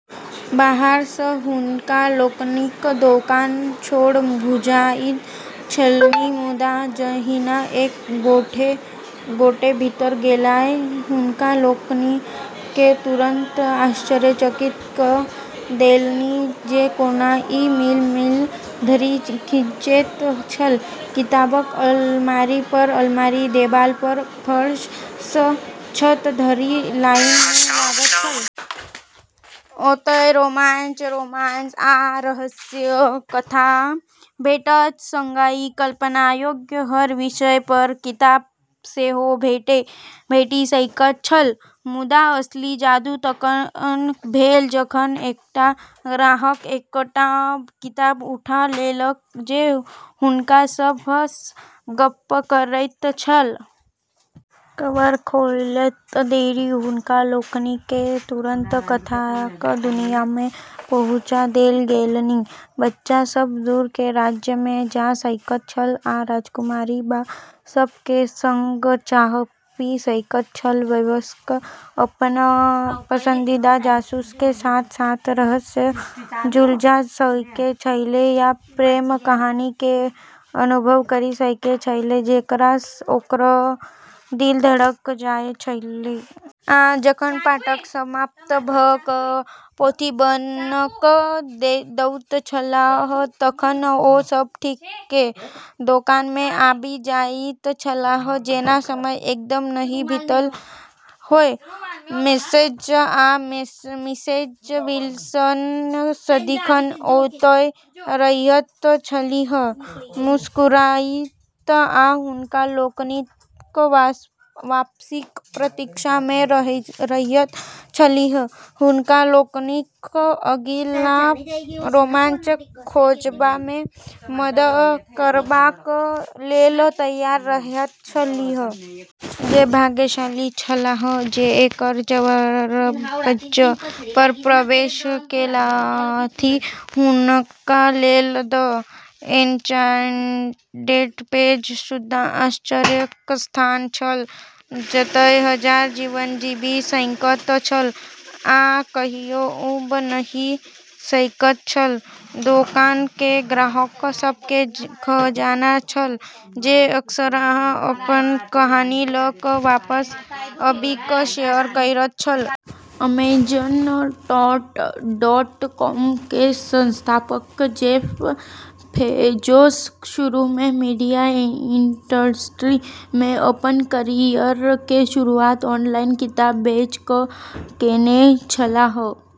बाहर सँ हुनका लोकनिक दोकान छोट बुझाइत छलनि, मुदा जहिना एक गोटे भीतर गेलाह, हुनका लोकनि केँ तुरन्त आश्चर्यचकित क' देलनि जे कोना ई मील-मील धरि खिंचैत छल. किताबक अलमारी पर अलमारी देबाल पर, फर्श सं छत धरि, लाइन मे लागल छल. ओतय रोमांच, रोमांस, आ रहस्यक कथा भेटत, संगहि कल्पना योग्य हर विषय पर किताब सेहो भेटि सकैत छल. मुदा असली जादू तखन भेल जखन एकटा ग्राहक एकटा किताब उठा लेलक जे हुनका सभ सं गप्प करैत छल. कवर खोलैत देरी हुनका लोकनि केँ तुरन्त कथाक दुनिया मे पहुँचा देल गेलनि। बच्चा सब दूर के राज्य में जा सकैत छल आ राजकुमारी सब के संग चाह पी सकैत छल। वयस्क अपनऽ पसंदीदा जासूस के साथ-साथ रहस्य सुलझा सकै छेलै या प्रेम कहानी के अनुभव करी सकै छेलै जेकरा स॑ ओकरऽ दिल धड़क जाय छेलै। आ जखन पाठक समाप्त भ' क' पोथी बन्न क' दैत छलाह तखन ओ सभ ठीके दोकान मे आबि जाइत छलाह जेना समय एकदम नहि बीतल हो. मिसेज आ मिसेज विल्सन सदिखन ओतय रहैत छलीह, मुस्कुराइत आ हुनका लोकनिक वापसीक प्रतीक्षा मे रहैत छलीह, हुनका लोकनिक अगिला रोमांच खोजबा मे मदद करबाक लेल तैयार रहैत छलीह. जे भाग्यशाली छलाह जे एकर दरबज्जा पर प्रवेश केलथि हुनका लेल "द एन्चान्टेड पेज" शुद्ध आश्चर्यक स्थान छल, जतय हजार जीवन जीबि सकैत छल आ कहियो ऊब नहि सकैत छल दोकान के ग्राहक सब के खजाना छल, जे अक्सरहां अपन कहानी ल क वापस आबि क शेयर करैत छल. अमेजन डॉट कॉम के संस्थापक जेफ बेजोस शुरू में मीडिया इंडस्ट्री में अपन कैरियर के शुरुआत ऑनलाइन किताब बेच क केने छलाह.